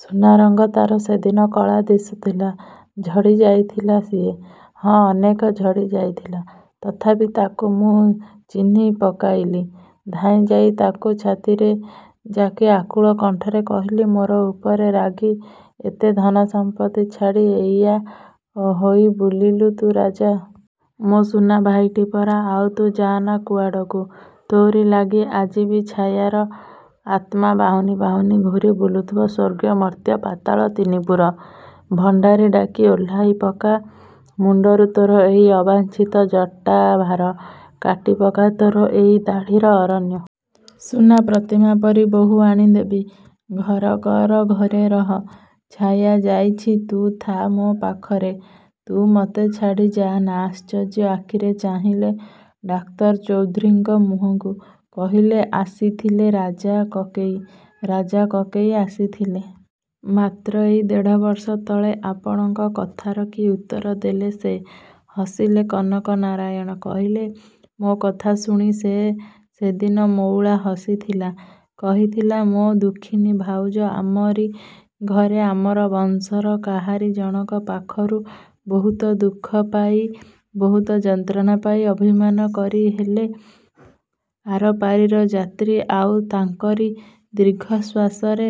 ସୁନା ରଙ୍ଗ ତା'ର ସେଦିନ କଳା ଦିଶୁଥିଲା। ଝଡ଼ି ଯାଇଥିଲା ସିଏ। ହଁ, ଅନେକ ଝଡ଼ି ଯାଇଥିଲା। ତଥାପି ତାକୁ ମୁଁ ଚିହ୍ନି ପକାଇଲି। ଧାଇଁ ଯାଇ ତାକୁ ଛାତିରେ ଜାକି ଆକୁଳ କଣ୍ଠରେ କହିଲି, ମୋରି ଉପରେ ରାଗି ଏତେ ଧନ ସମ୍ପତ୍ତି ଛାଡ଼ି ଏଇଆ ହୋଇ ବୁଲିଲୁ ତୁ ରାଜା? ମୋ ସୁନା ଭାଇଟି ପରା, ଆଉ ତୁ ଯାଆନା କୁଆଡ଼କୁ। ତୋରି ଲାଗି ଆଜି ବି ଛାୟାର ଆତ୍ମା ବାହୁନି ବାହୁନି ଘୂରି ବୁଲୁଥିବ ସ୍ୱର୍ଗ, ମର୍ତ୍ତ୍ୟ, ପାତାଳ ତିନିପୁର। ଭଣ୍ଡାରୀ ଡାକି ଓହ୍ଲାଇ ପକା ମୁଣ୍ଡରୁ ତୋର ଏଇ ଅବାଞ୍ଛିତ ଜଟାଭାର। କାଟି ପକା ତୋର ଏଇ ଦାଢ଼ିର ଅରଣ୍ୟ। ସୁନା ପ୍ରତିମା ପରି ବୋହୂ ଆଣି ଦେବି। ଘର କର, ଘରେ ରହ। ଛାୟା ଯାଇଛି, ତୁ ଥା ମୋ ପାଖରେ। ତୁ ମତେ ଛାଡ଼ି ଯାଆନା। ଆଶ୍ଚର୍ଯ୍ୟ ଆଖିରେ ଚାହିଁଲେ ଡାକ୍ତର ଚୌଧୁରୀଙ୍କ ମୁହଁକୁ। କହିଲେ ଆସିଥିଲେ ରାଜା କକେଇ। ରାଜା କକେଇ ଆସିଥିଲେ! ମାତ୍ର ଏଇ ଦେଢ଼ ବର୍ଷ ତଳେ! ଆପଣଙ୍କ କଥାର କି ଉତ୍ତର ଦେଲେ ସେ? ହସିଲେ କନକନାରାୟଣ। କହିଲେ ମୋ କଥା ଶୁଣି ସେ ସେଦିନ ମଉଳା ହସିଥିଲା। କହିଥିଲା ମୋ ଦୁଃଖିନୀ ଭାଉଜ ଆମରି ଘରେ ଆମର ବଂଶର କାହାରି ଜଣକ ପାଖରୁ ବହୁତ ଦୁଃଖ ପାଇ, ବହୁତ ଯନ୍ତ୍ରଣା ପାଇ ଅଭିମାନ କରି ହେଲେ ଆରପାରିର ଯାତ୍ରୀ; ଆଉ ତାଙ୍କରି ଦୀର୍ଘଶ୍ୱାସରେ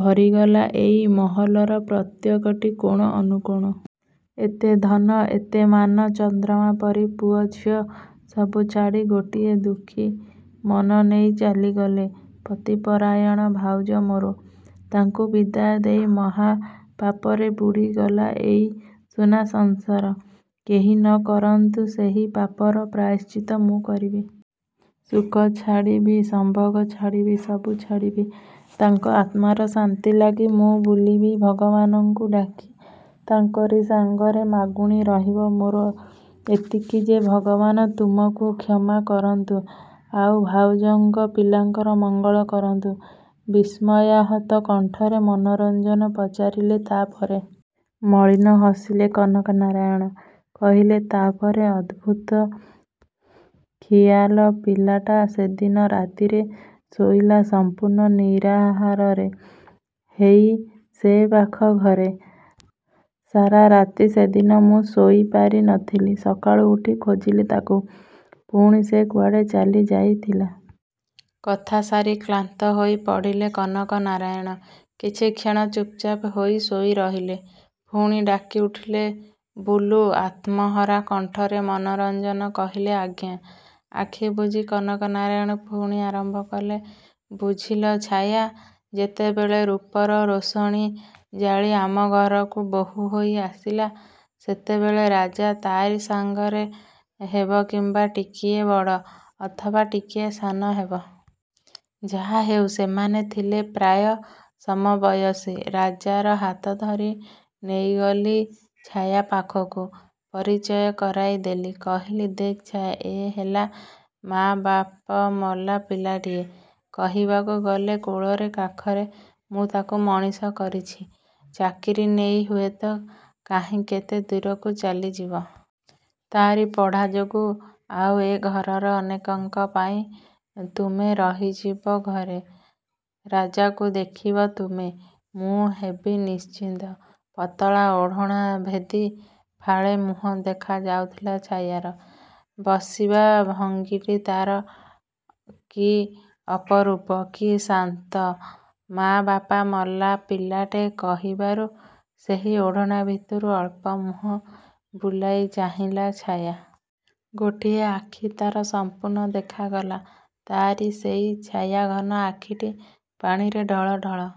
ଭରିଗଲା ଏଇ ମହଲର ପ୍ରତ୍ୟେକଟି କୋଣ, ଅନୁକୋଣ। ଏତେ ଧନ, ଏତେ ମାନ, ଚନ୍ଦ୍ରମା ପରି ପୁଅ ଝିଅ ସବୁ ଛାଡ଼ି ଗୋଟିଏ ଦୁଃଖୀ ମନ ନେଇ ଚାଲିଗଲେ ପତିପରାୟଣ ଭାଉଜ ମୋର। ତାଙ୍କୁ ବିଦାୟ ଦେଇ ମହାପାପରେ ବୁଡ଼ି ଗଲା ଏଇ ସୁନା ସଂସାର। କେହି ନ କରନ୍ତୁ ସେହି ପାପର ପ୍ରାୟଶ୍ଚିତ, ମୁଁ କରିବି। ସୁଖ ଛାଡ଼ିବି, ସମ୍ଭୋଗ ଛାଡ଼ିବି, ସବୁ ଛାଡ଼ିବି। ତାଙ୍କ ଆତ୍ମାର ଶାନ୍ତି ଲାଗି ମୁଁ ବୁଲିବି ଭଗବାନଙ୍କୁ ଡାକି, ତାଙ୍କରି ସାଙ୍ଗରେ ମାଗୁଣି ରହିବ ମୋର ଏତିକି ଯେ ଭଗବାନ ତୁମକୁ କ୍ଷମା କରନ୍ତୁ। ଆଉ, ଭାଉଜଙ୍କ ପିଲାଙ୍କର ମଙ୍ଗଳ କରନ୍ତୁ। ବିସ୍ମୟାହତ କଣ୍ଠରେ ମନୋରଞ୍ଜନ ପଚାରିଲେ ତା' ପରେ! ମଳିନ ହସିଲେ କନକନାରାୟଣ! କହିଲେ ତା' ପରେ! ଅଦ୍ଭୁତ ଖିଆଲ ପିଲାଟା ସେଦିନ ରାତିରେ ଶୋଇଲା ସମ୍ପୂର୍ଣ୍ଣ ନିରାହାରରେ, ହେଇ ସେପାଖ ଘରେ। ସାରା ରାତି ସେଦିନ ମୁଁ ଶୋଇ ପାରି ନଥିଲି। ସକାଳୁ ଉଠି ଖୋଜିଲି ତାକୁ। ପୁଣି ସେ କୁଆଡ଼େ ଚାଲି ଯାଇଥିଲା। କଥା ସାରି କ୍ଳାନ୍ତ ହୋଇ ପଡ଼ିଲେ କନକନାରାୟଣ। କିଛି କ୍ଷଣ ଚୁପ୍‌ଚାପ୍ ହୋଇ ଶୋଇ ରହିଲେ। ପୁଣି ଡାକି ଉଠିଲେ ବୁଲୁ ଆତ୍ମହରା କଣ୍ଠରେ ମନୋରଞ୍ଜନ କହିଲେ ଆଜ୍ଞା। ଆଖି ବୁଜି କନକନାରାୟଣ ପୁଣି ଆରମ୍ଭ କଲେ ବୁଝିଲ ଛାୟା ଯେତେବେଳେ ରୂପର ରୋଷଣୀ ଜାଳି ଆମ ଘରକୁ ବୋହୂ ହୋଇ ଆସିଲା, ସେତେବେଳେ ରାଜା ତା’ରି ସାଙ୍ଗର ହେବ କିମ୍ବା ଟିକିଏ ବଡ଼, ଅଥବା ଟିକିଏ ସାନ ହେବ। ଯାହା ହେଉ, ସେମାନେ ଥିଲେ ପ୍ରାୟ ସମବୟସୀ। ରାଜାର ହାତ ଧରି ନେଇଗଲି ଛାୟା ପାଖକୁ। ପରିଚୟ କରାଇ ଦେଲି। କହିଲି ଦେଖ୍ ଛାୟା, ଏ ହେଲା ମାଆ ବାପ ମଲା ପିଲାଟିଏ। କହିବାକୁ ଗଲେ କୋଳରେ କାଖରେ ମୁଁ ତାକୁ ମଣିଷ କରିଛି। ଚାକିରି ନେଇ ହୁଏତ କାହିଁ କେତେ ଦୂରକୁ ଚାଲି ଯିବ। ତା'ରି ପଢ଼ା ଯୋଗୁଁ ଆଉ ଏ ଘରର ଅନେକଙ୍କ ପାଇଁ ତୁମେ ରହିଯିବ ଘରେ। ରାଜାକୁ ଦେଖିବ ତୁମେ। ମୁଁ ହେବି ନିଶ୍ଚିନ୍ତ। ପତଳା ଓଢ଼ଣା ଭେଦି ଫାଳେ ମୁହଁ ଦେଖା ଯାଉଥିଲା ଛାୟାର। ବସିବା ଭଙ୍ଗୀଟି ତା'ର କି ଅପରୂପ। କି ଶାନ୍ତ। ମାଆ ବାପ ମଲା ପିଲାଟେ କହିବାରୁ ସେହି ଓଢ଼ଣା ଭିତରୁ ଅଳ୍ପ ମୁହଁ ବୁଲାଇ ଚାହିଁଲା ଛାୟା। ଗୋଟିଏ ଆଖି ତା'ର ସମ୍ପୂର୍ଣ୍ଣ ଦେଖାଗଲା। ତା'ରି ସେଇ ଛାୟାଘନ ଆଖିଟି ପାଣିରେ ଢଳଢଳ।